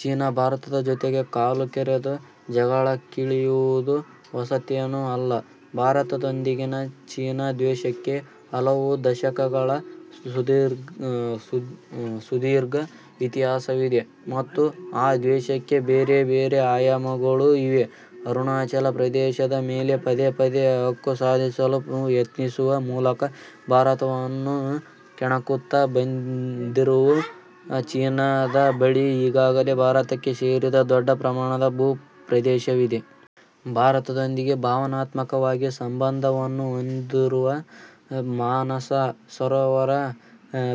China ಭಾರತದ ಜೊತೆಗೆ ಕಾಲು ಕೆರೆದು ಜಗಳಕ್ಕಿಳಿಯುವುದು ಹೊಸತೇನೂ ಅಲ್ಲ. ಭಾರತದೊಂದಿಗಿನ ಚೀನಾ ದ್ವೇಷಕ್ಕೆ ಹಲವು ದಶಕಗಳ ಸುದೀರ್ಘ ಇತಿಹಾಸವಿದೆ ಮತ್ತು ಆ ದ್ವೇಷಕ್ಕೆ ಬೇರೆ ಬೇರೆ ಆಯಾಮಗಳೂ ಇವೆ. ಅರುಣಾಚಲ ಪ್ರದೇಶದ ಮೇಲೆ ಪದೇ ಪದೇ ಹಕ್ಕು ಸಾಧಿಸಲು ಯತ್ನಿಸುವ ಮೂಲಕ ಭಾರತವನ್ನು ಕೆಣಕುತ್ತಾ ಬಂದಿರುವ ಚೀನಾದ ಬಳಿ, ಈಗಾಗಲೇ ಭಾರತಕ್ಕೆ ಸೇರಿದ ದೊಡ್ಡ ಪ್ರಮಾಣದ ಭೂ ಪ್ರದೇಶವಿದೆ. ಭಾರತದೊಂದಿಗೆ ಭಾವನಾತ್ಮಕವಾಗಿ ಸಂಬಂಧವನ್ನು ಹೊಂದಿರುವ ಮಾನಸ ಸರೋವರ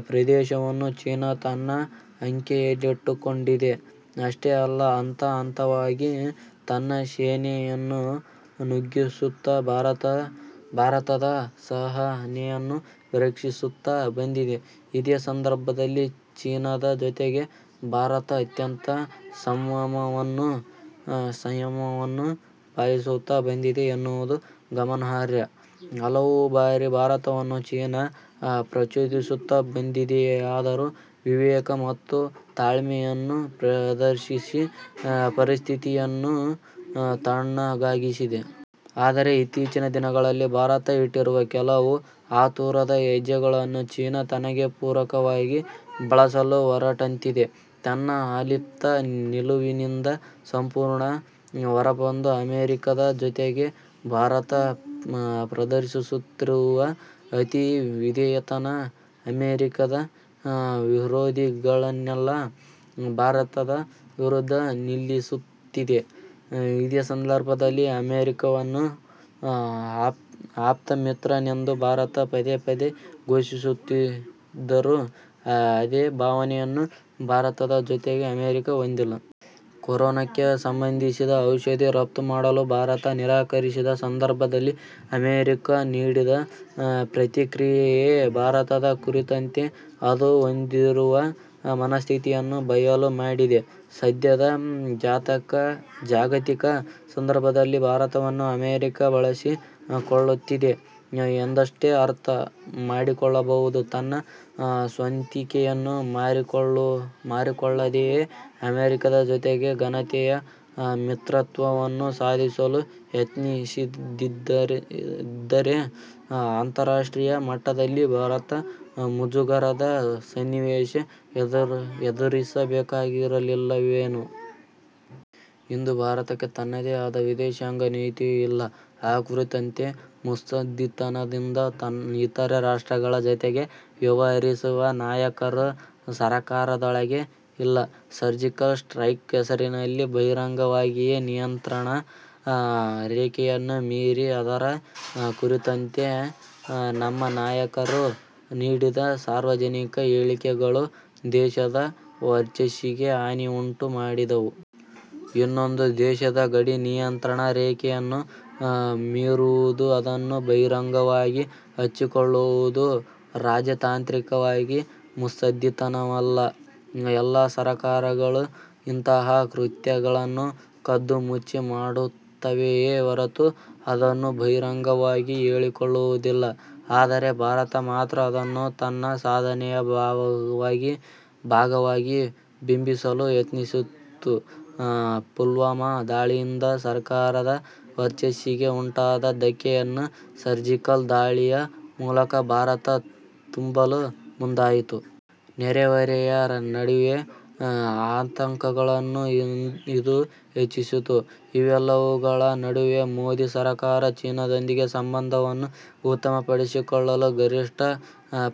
ಪ್ರದೇಶವನ್ನೂ ಚೀನಾ ತನ್ನ ಅಂಕೆಯಲ್ಲಿಟ್ಟುಕೊಂಡಿದೆ. ಅಷ್ಟೇ ಅಲ್ಲ, ಹಂತ ಹಂತವಾಗಿ ತನ್ನ ಸೇನೆಯನ್ನು ನುಗ್ಗಿಸುತ್ತಾ ಭಾರತದ ಸಹನೆಯನ್ನು ಪರೀಕ್ಷಿಸುತ್ತಾ ಬಂದಿದೆ. ಇದೇ ಸಂದರ್ಭದಲ್ಲಿ, ಚೀನಾದ ಜೊತೆಗೆ ಭಾರತ ಅತ್ಯಂತ ಸಂಯಮವನ್ನು ಪಾಲಿಸುತ್ತಾ ಬಂದಿದೆ ಎನ್ನುವುದು ಗಮನಾರ್ಹ. ಹಲವು ಬಾರಿ ಭಾರತವನ್ನು ಚೀನಾ ಪ್ರಚೋದಿಸುತ್ತಾ ಬಂದಿದೆಯಾದರೂ, ವಿವೇಕ ಮತ್ತು ತಾಳ್ಮೆಯನ್ನು ಪ್ರದರ್ಶಿಸಿ ಪರಿಸ್ಥಿತಿಯನ್ನು ತಣ್ಣಗಾಗಿಸಿದೆ. ಆದರೆ ಇತ್ತೀಚಿನ ದಿನಗಳಲ್ಲಿ ಭಾರತ ಇಟ್ಟಿರುವ ಕೆಲವು ಆತುರದ ಹೆಜ್ಜೆಗಳನ್ನು ಚೀನಾ ತನಗೆ ಪೂರಕವಾಗಿ ಬಳಸಲು ಹೊರಟಂತಿದೆ. ತನ್ನ ಅಲಿಪ್ತ ನಿಲುವಿನಿಂದ ಸಂಪೂರ್ಣ ಹೊರ ಬಂದು ಅಮೆರಿಕದ ಜೊತೆಗೆ ಭಾರತ ಪ್ರದರ್ಶಿಸುತ್ತಿರುವ ಅತಿ ವಿಧೇಯತನ, ಅಮೆರಿಕದ ವಿರೋಧಿಗಳನ್ನೆಲ್ಲ ಭಾರತದ ವಿರುದ್ಧ ನಿಲ್ಲಿಸುತ್ತಿದೆ. ಇದೇ ಸಂದರ್ಭದಲ್ಲಿ ಅಮೆರಿಕವನ್ನು 'ಆಪ್ತಮಿತ್ರ'ನೆಂದು ಭಾರತ ಪದೇ ಪದೇ ಘೋಷಿಸುತ್ತಿದ್ದರೂ, ಅದೇ ಭಾವನೆಯನ್ನು ಭಾರತದ ಜೊತೆಗೆ ಅಮೆರಿಕ ಹೊಂದಿಲ್ಲ. ಕೊರೋನಕ್ಕೆ ಸಂಬಂಧಿಸಿ ಔಷಧಿ ರಫ್ತು ಮಾಡಲು ಭಾರತ ನಿರಾಕರಿಸಿದ ಸಂದರ್ಭದಲ್ಲಿ ಅಮೆರಿಕ ನೀಡಿದ ಪ್ರತಿಕ್ರಿಯೆಯೇ, ಭಾರತದ ಕುರಿತಂತೆ ಅದು ಹೊಂದಿರುವ ಮನಸ್ಥಿತಿಯನ್ನು ಬಯಲು ಮಾಡಿದೆ. ಸದ್ಯದ ಜಾಗತಿಕ ಸಂದರ್ಭದಲ್ಲಿ ಭಾರತವನ್ನು ಅಮೆರಿಕ 'ಬಳಸಿ ಕೊಳ್ಳುತ್ತಿದೆ' ಎಂದಷ್ಟೇ ಅರ್ಥ ಮಾಡಿಕೊಳ್ಳಬಹುದು. ತನ್ನ ಸ್ವಂತಿಕೆಯನ್ನು ಮಾರಿಕೊಳ್ಳದೆಯೇ ಅಮೆರಿಕದ ಜೊತೆಗೆ ಘನತೆಯ ಮಿತ್ರತ್ವವನ್ನು ಸಾಧಿಸಲು ಯತ್ನಿಸಿದ್ದಿದ್ದರೆ ಅಂತರ್ರಾಷ್ಟ್ರೀಯ ಮಟ್ಟದಲ್ಲಿ ಭಾರತ ಮುಜುಗರದ ಸನ್ನಿವೇಶ ಎದುರಿಸಬೇಕಾಗಿರಲಿಲ್ಲವೇನೋ. ಇಂದು ಭಾರತಕ್ಕೆ ತನ್ನದೇ ಆದ ವಿದೇಶಾಂಗ ನೀತಿಯೂ ಇಲ್ಲ, ಆ ಕುರಿತಂತೆ ಮುತ್ಸದ್ದಿತನದಿಂದ ಇತರ ರಾಷ್ಟ್ರಗಳ ಜೊತೆಗೆ ವ್ಯವಹರಿಸುವ ನಾಯಕರೂ ಸರಕಾರದೊಳಗೆ ಇಲ್ಲ. ಸರ್ಜಿಕಲ್ ಸ್ಟ್ರೈಕ್ ಹೆಸರಿನಲ್ಲಿ ಬಹಿರಂಗವಾಗಿಯೇ ನಿಯಂತ್ರಣ ರೇಖೆಯನ್ನು ಮೀರಿ, ಅದರ ಕುರಿತಂತೆ ನಮ್ಮ ನಾಯಕರು ನೀಡಿದ ಸಾರ್ವಜನಿಕ ಹೇಳಿಕೆಗಳೂ ದೇಶದ ವರ್ಚಸ್ಸಿಗೆ ಹಾನಿಯನ್ನುಂಟು ಮಾಡಿದವು. ಇನ್ನೊಂದು ದೇಶದ ಗಡಿ ನಿಯಂತ್ರಣ ರೇಖೆಯನ್ನು ಮೀರುವುದು, ಅದನ್ನು ಬಹಿರಂಗವಾಗಿ ಕೊಚ್ಚಿಕೊಳ್ಳುವುದು ರಾಜತಾಂತ್ರಿಕವಾಗಿ ಮುತ್ಸದ್ದಿತನವಲ್ಲ. ಎಲ್ಲ ಸರಕಾರಗಳು ಇಂತಹ ಕೃತ್ಯಗಳನ್ನು ಕದ್ದು ಮುಚ್ಚಿ ಮಾಡುತ್ತವೆಯೇ ಹೊರತು, ಅದನ್ನು ಬಹಿರಂಗವಾಗಿ ಹೇಳಿಕೊಳ್ಳುವುದಿಲ್ಲ. ಆದರೆ ಭಾರತ ಮಾತ್ರ, ಅದನ್ನು ತನ್ನ ಸಾಧನೆಯ ಭಾಗವಾಗಿ ಬಿಂಬಿಸಲು ಯತ್ನಿಸಿತು. ಪುಲ್ವಾಮ ದಾಳಿಯಿಂದ ಸರಕಾರದ ವರ್ಚಸ್ಸಿಗೆ ಉಂಟಾದ ಧಕ್ಕೆಯನ್ನು ಸರ್ಜಿಕಲ್ ದಾಳಿಯ ಮೂಲಕ ಭಾರತ ತುಂಬಲು ಮುಂದಾಯಿತು. ನೆರೆ ಹೊರೆಯ ನಡುವೆ ಆತಂಕಗಳನ್ನು ಇದು ಹೆಚ್ಚಿಸಿತು. ಇವೆಲ್ಲವುಗಳ ನಡುವೆ ಮೋದಿ ಸರಕಾರ, ಚೀನಾದೊಂದಿಗೆ ಸಂಬಂಧವನ್ನು ಉತ್ತಮಪಡಿಸಿಕೊಳ್ಳಲು ಗರಿಷ್ಠ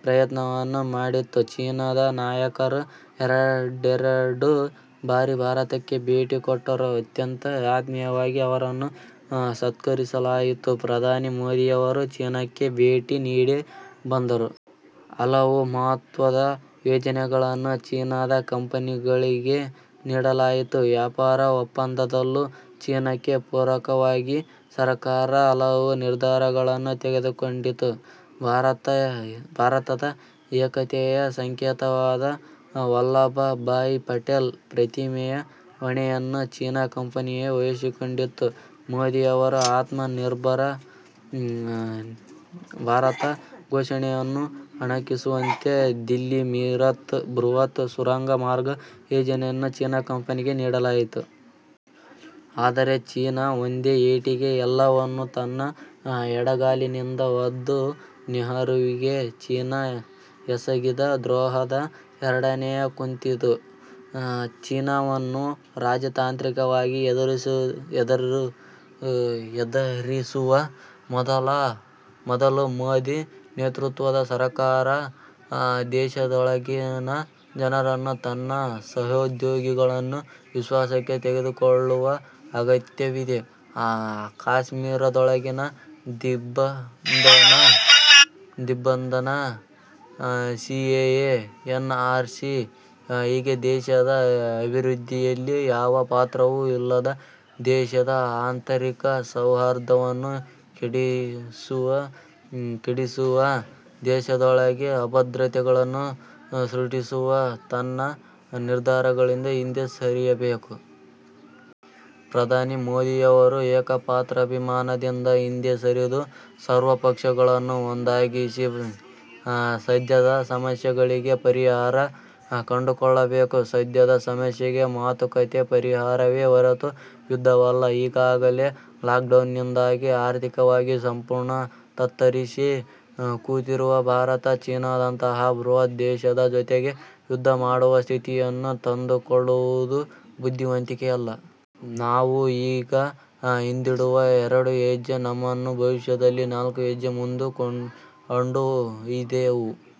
ಪ್ರಯತ್ನವನ್ನು ಮಾಡಿತ್ತು. ಚೀನಾದ ನಾಯಕರು ಎರಡೆರಡು ಬಾರಿ ಭಾರತಕ್ಕೆ ಭೇಟಿ ಕೊಟ್ಟರು. ಅತ್ಯಂತ ಆತ್ಮೀಯವಾಗಿ ಅವರನ್ನು ಸತ್ಕರಿಸಲಾಯಿತು. ಪ್ರಧಾನಿ ಮೋದಿಯವರೂ ಚೀನಾಕ್ಕೆ ಭೇಟಿ ನೀಡಿ ಬಂದರು. ಹಲವು ಮಹತ್ವದ ಯೋಜನೆಗಳನ್ನು ಚೀನಾದ ಕಂಪೆನಿಗಳಿಗೆ ನೀಡಲಾಯಿತು. ವ್ಯಾಪಾರ ಒಪ್ಪಂದದಲ್ಲೂ ಚೀನಾಕ್ಕೆ ಪೂರಕವಾಗಿ ಸರಕಾರ ಹಲವು ನಿರ್ಧಾರಗಳನ್ನು ತೆಗೆದುಕೊಂಡಿತು. ಭಾರತದ ಏಕತೆಯ ಸಂಕೇತವಾದ 'ವಲ್ಲಭಬಾಯ್ ಪಟೇಲ್' ಪ್ರತಿಮೆಯ ಹೊಣೆಯನ್ನು ಚೀನಾ ಕಂಪೆನಿಯೇ ವಹಿಸಿಕೊಂಡಿತ್ತು. ಮೋದಿಯವರ 'ಆತ್ಮ ನಿರ್ಭರ ಭಾರತ' ಘೋಷಣೆಯನ್ನು ಅಣಕಿಸುವಂತೆ ದಿಲ್ಲಿ-ಮೀರತ್ ಬೃಹತ್ ಸುರಂಗ ಮಾರ್ಗ ಯೋಜನೆಯನ್ನು ಚೀನಾ ಕಂಪೆನಿಗೆ ನೀಡಲಾಯಿತು. ಆದರೆ ಚೀನಾ ಒಂದೇ ಏಟಿಗೆ ಎಲ್ಲವನ್ನೂ ತನ್ನ ಎಡಗಾಲಿನಿಂದ ಒದ್ದಿತು. ನೆಹರೂವಿಗೆ ಚೀನಾ ಎಸಗಿದ ದ್ರೋಹದ ಎರಡನೆಯ ಕಂತಿದು. ಚೀನಾವನ್ನು ರಾಜತಾಂತ್ರಿಕವಾಗಿ ಎದುರಿಸುವ ಮೊದಲು ಮೋದಿ ನೇತೃತ್ವದ ಸರಕಾರ, ದೇಶದೊಳಗಿನ ಜನರನ್ನು, ತನ್ನ ಸಹೋದ್ಯೋಗಿಗಳನ್ನು ವಿಶ್ವಾಸಕ್ಕೆ ತೆಗೆದುಕೊಳ್ಳುವ ಅಗತ್ಯವಿದೆ. ಕಾಶ್ಮೀರದೊಳಗಿನ ದಿಗ್ಬಂಧನ, C A A, N R C ಹೀಗೆ ದೇಶದ ಅಭಿವೃದ್ಧಿಯಲ್ಲಿ ಯಾವ ಪಾತ್ರವೂ ಇಲ್ಲದ, ದೇಶದ ಆಂತರಿಕ ಸೌಹಾರ್ದವನ್ನು ಕೆಡಿಸುವ, ದೇಶದೊಳಗೆ ಅಭದ್ರತೆಗಳನ್ನು ಸೃಷ್ಟಿಸುವ ತನ್ನ ನಿರ್ಧಾರಗಳಿಂದ ಹಿಂದೆ ಸರಿಯಬೇಕು. ಪ್ರಧಾನಿ ಮೋದಿಯವರು ಏಕಪಾತ್ರಾಭಿನಯದಿಂದ ಹಿಂದೆ ಸರಿದು, ಸರ್ವಪಕ್ಷಗಳನ್ನು ಒಂದಾಗಿಸಿ ಸದ್ಯದ ಸಮಸ್ಯೆಗಳಿಗೆ ಪರಿಹಾರ ಕಂಡುಕೊಳ್ಳಬೇಕು. ಸದ್ಯದ ಸಮಸ್ಯೆಗೆ ಮಾತುಕತೆ ಪರಿಹಾರವೇ ಹೊರತು ಯುದ್ಧವಲ್ಲ. ಈಗಾಗಲೇ ಲಾಕ್ಡೌನ್ನಿಂದಾಗಿ ಆರ್ಥಿಕವಾಗಿ ಸಂಪೂರ್ಣ ತತ್ತರಿಸಿ ಕೂತಿರುವ ಭಾರತ, ಚೀನಾದಂತಹ ಬೃಹತ್ ದೇಶದ ಜೊತೆಗೆ ಯುದ್ಧ ಮಾಡುವ ಸ್ಥಿತಿಯನ್ನು ತಂದುಕೊಳ್ಳುವುದು ಬುದ್ಧಿವಂತಿಕೆಯಲ್ಲ. ನಾವು ಈಗ ಹಿಂದಿಡುವ ಎರಡು ಹೆಜ್ಜೆ, ನಮ್ಮನ್ನು ಭವಿಷ್ಯದಲ್ಲಿ ನಾಲ್ಕು ಹೆಜ್ಜೆ ಮುಂದೆ ಕೊಂಡೊಯ್ದೆವು.